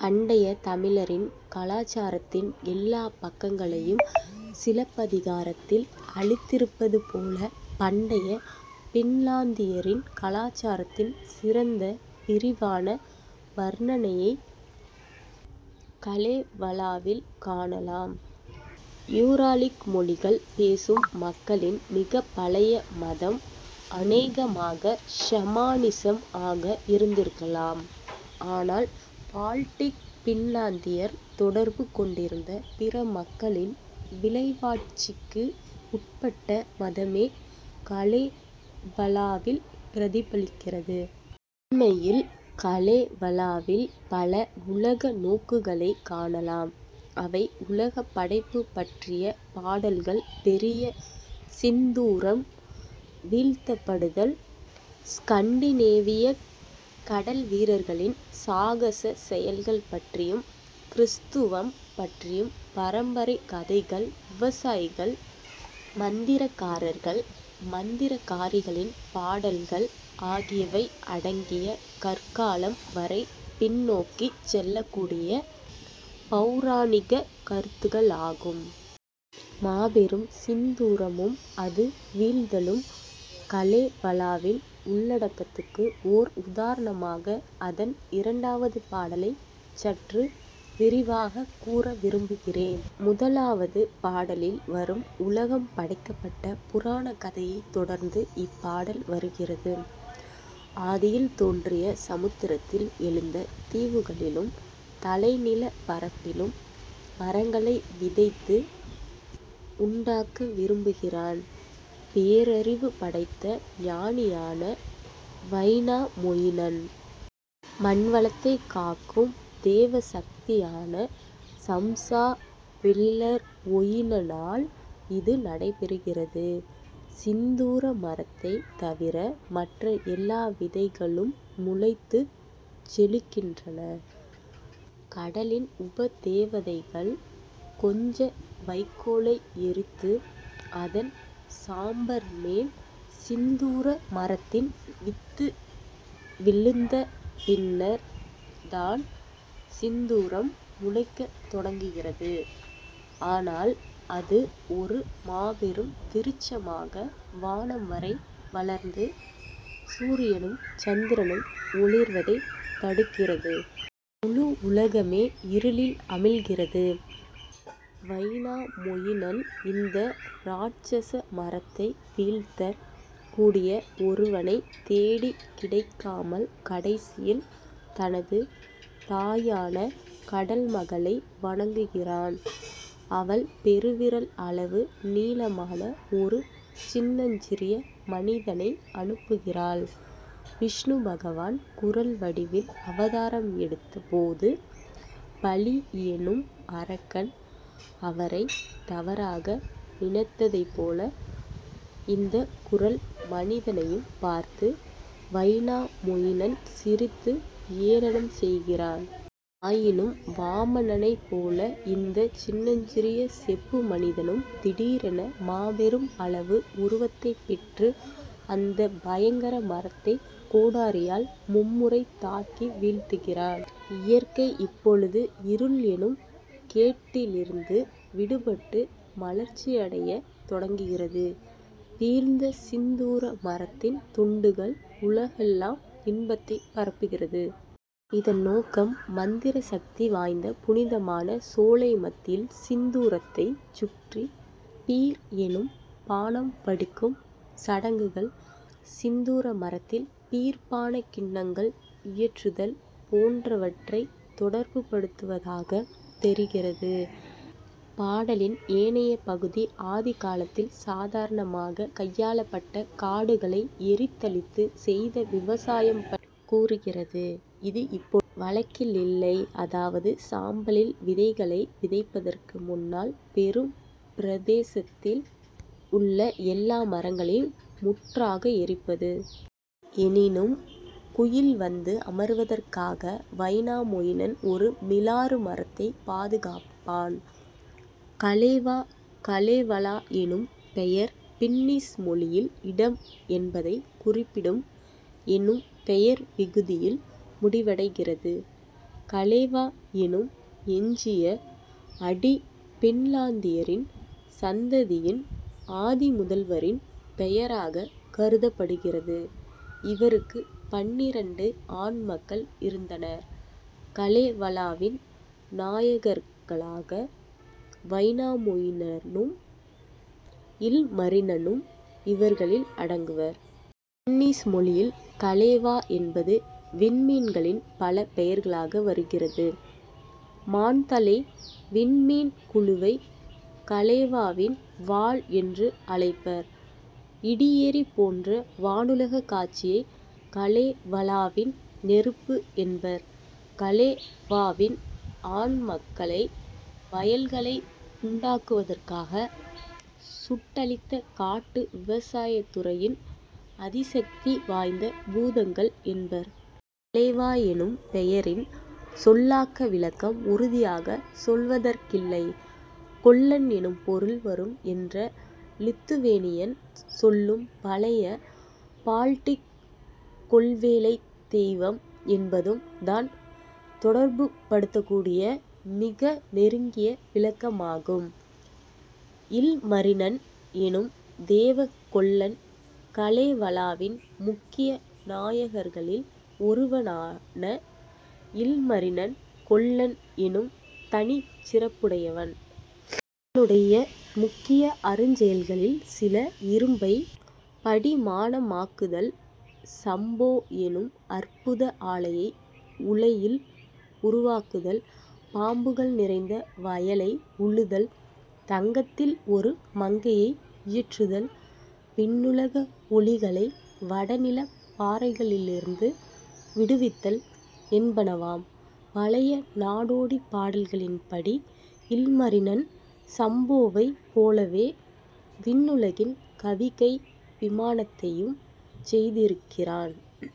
பண்டைய தமிழரின் கலாசாரத்தின் எல்லாப் பக்கங்களையும் சிலப்பதிகாரத்தில் அளித்திருப்பது போல பண்டைய பின்லாந்தியரின் கலாசாரத்தின் சிறந்த விரிவான வர்ணனையைக் கலேவலாவில் காணலாம். யூராலிக் மொழிகள் பேசும் மக்களின் மிகப் பழைய மதம் அனேகமாக ஷமானிசம் ஆக இருந்திருக்கலாம் ஆனால் பால்டிக் பின்லாந்தியர் தொடர்பு கொண்டிருந்த பிற மக்களின் விளைவாட்சிக்கு உட்பட்ட மதமே கலேவலாவில் பிரதிபலிக்கிறது. உண்மையில் கலேவலாவில் பல உலக நோக்குகளைக் காணலாம் அவை உலகப் படைப்புப் பற்றிய பாடல்கள் பெரிய சிந்தூரம் வீழ்த்தப் படுதல் ஸ்கன்டினேவியக் கடல்வீரர்களின் சாகசச் செயல்கள் பற்றியும் கிறிஸ்துவம் பற்றியும் பரம்பரைக் கதைகள் விவசாயிகள் மந்திரக்காரர்கள் மந்திரக்காரிகளின் பாடல்கள் ஆகியவை அடங்கிய கற்காலம் வரை பின்நோக்கிச் செல்லக்கூடிய பெளராணிகக் கருத்துகள் ஆகும். மாபெரும் சிந்தூரமும் அது வீழ்தலும் கலேவலாவின் உள்ளடக்கத்துக்கு ஓர் உதாரணமாக அதன் இரண்டாவது பாடலைச் சற்று விரிவாகக் கூற விரும்புகிறேன் முதலாவது பாடலில் வரும் உலகம் படைக்கப்பட்ட புராணக் கதையைத் தொடர்ந்து இப்பாடல் வருகிறது. ஆதியில் தோன்றிய சமுத்திரத்தில் எழுந்த தீவுகளிலும் தலைநிலப் பரப்பிலும் மரங்களை விதைத்து உண்டாக்க விரும்புகிறான் பேரறிவு படைத்த ஞானியான வைனாமொயினன். மண்வளத்தைக் காக்கும் தேவசக்தியான சம்ஸா பெல்லர்வொயினனால் இது நடைபெறுகிறது. சிந்தூர மரத்தைத் தவிர மற்ற எல்லா விதைகளும் முளைத்துச் செழிக்கின்றன. கடலின் உபதேவதைகள் கொஞ்ச வைக்கோலை எரித்து அதன் சாம்பர்மேல் சிந்தூர மரத்தின் வித்து விழுந்த பின்னர் தான் சிந்தூரம் முளைக்கத் தொடங்குகிறது. ஆனால் அது ஒரு மாபெரும் விருட்சமாக வானம் வரை வளர்ந்து சூரியனும் சந்திரனும் ஒளிர்வதைத் தடுக்கிறது. முழு உலகமே இருளில் அமிழ்கிறது. வைனாமொயினன் இந்த இராட்சச மரத்தை வீழ்த்தக் கூடிய ஒருவனைத் தேடிக் கிடைக்காமல் கடைசியில் தனது தாயான கடல்மகளை வணங்குகிறான். அவள் பெருவிரல் அளவு நீளமான ஒரு சின்னஞ்சிறிய மனிதனை அனுப்புகிறாள் விஷ்ணு பகவான் குறள் வடிவில் அவதாரம் எடுத்த போது பலி என்னும் அரக்கன் அவரைத் தவறாக நினைத்ததைபோல இந்தக் குறள் மனிதனையும் பார்த்து வைனாமொயினன் சிரித்து ஏளனம் செய்கிறான். ஆயினும் வாமனனைப் போல இந்தச் சின்னஞ்சிறிய செப்பு மனிதனும் திடீரென மாபெரும் அளவு உருவத்தைப் பெற்று அந்தப் பயங்கர மரத்தைக் கோடாரியால் மும்முறை தாக்கி வீழ்த்துகிறான். இயற்கை இப்பொழுது இருள் என்னும் கேட்டிலிருந்து விடுபட்டு மலர்ச்சியடையத் தொடங்குகிறது. வீழ்ந்த சிந்தூர மரத்தின் துண்டுகள் உலகெல்லாம் இன்பத்தைப் பரப்புகிறது. இதன் நோக்கம் மந்திர சக்தி வாய்ந்த புனிதமான சோலை மத்தியில் சிந்தூரத்தைச் சுற்றி பீர் என்னும் பானம் வடிக்கும் சடங்குகள் சிந்தூர மரத்தில் பீர் பானக் கிண்ணங்கள் இயற்றுதல் போன்றவற்றைத் தொடர்புபடுத்துவதாகத் தெரிகிறது. பாடலின் ஏனைய பகுதி ஆதிகாலத்தில் சாதாரணமாகக் கையாளப்பட்ட காடுகளை எரித்தழித்துச் செய்த விவசாயம் பற்றிக் கூறுகிறது இது இப்பொழுது வழக்கிலில்லை அதாவது சாம்பலில் விதைகளை விதைப்பதற்கு முன்னால் பெரும் பிரதேசத்தில் உள்ள எல்லா மரங்களையும் முற்றாக எரிப்பது. எனினும் குயில் வந்து அமர்வதற்காக வைனாமொயினன் ஒரு மிலாறு மரத்தைப் பாதுகாப்பான். கலேவா கலேவலா என்னும் பெயர் பின்னிஷ் மொழியில் இடம் என்பதைக் குறிப்பிடும் என்னும் பெயர் விகுதியில் முடிவடைகிறது. கலேவா என்னும் எஞ்சிய அடி பின்லாந்தியரின் சந்ததியின் ஆதிமுதல்வரின் பெயராகக் கருதப்படுகிறது. இவருக்கு பன்னிரண்டு ஆண் மக்கள் இருந்தனர் கலேவலாவின் நாயகர்களாக வைனாமொயினனும் இல்மரினனும் இவர்களில் அடங்குவர். பின்னிஷ் மொழியில் கலேவா என்பது விண்மீன்களின் பல பெயர்களாக வருகிறது மான்தலை விண்மீன்குழுவை கலேவாவின் வாள் என்று அழைப்பர். இடியேறு போன்ற வானுலகக் காட்சியை கலேவலாவின் நெருப்பு என்பர். கலேவாவின் ஆண் மக்களை வயல்களை உண்டாக்குவதற்காக சுட்டழித்த காட்டு விவசாயத்துறையின் அதிசக்தி வாய்ந்த பூதங்கள் என்பர். கலேவா என்னும் பெயரின் சொல்லாக்க விளக்கம் உறுதியாக சொல்வதற்கில்லை. கொல்லன் என்னும் பொருள் வரும் என்ற லித்துவேனியன் சொல்லும் பழைய பால்டிக் கொல்வேலைத் தெய்வம் என்பதும் தான் தொடர்புபடுத்தக்கூடிய மிக நெருங்கிய விளக்கமாகும். இல்மரினன் என்னும் தேவ கொல்லன் கலேவலாவின் முக்கிய நாயகர்களில் ஒருவனான இல்மரினன் கொல்லன் என்னும் தனிச் சிறப்புடையவன். இவனுடைய முக்கிய அருஞ்செயல்களில் சில இரும்பைப் படிமானமாக்குதல் சம்போ என்னும் அற்புத ஆலையை உலையில் உருவாக்குதல் பாம்புகள் நிறைந்த வயலை உழுதல் தங்கத்தில் ஒரு மங்கையை இயற்றுதல் விண்ணுலக ஒளிகளை வடநிலப் பாறைகளிலிருந்து விடுவித்தல் என்பனவாம். பழைய நாடோடிப் பாடல்களின்படி இல்மரினன் சம்போவைப் போலவே விண்ணுலகின் கவிகை விமானத்தையும் செய்திருக்கிறான்.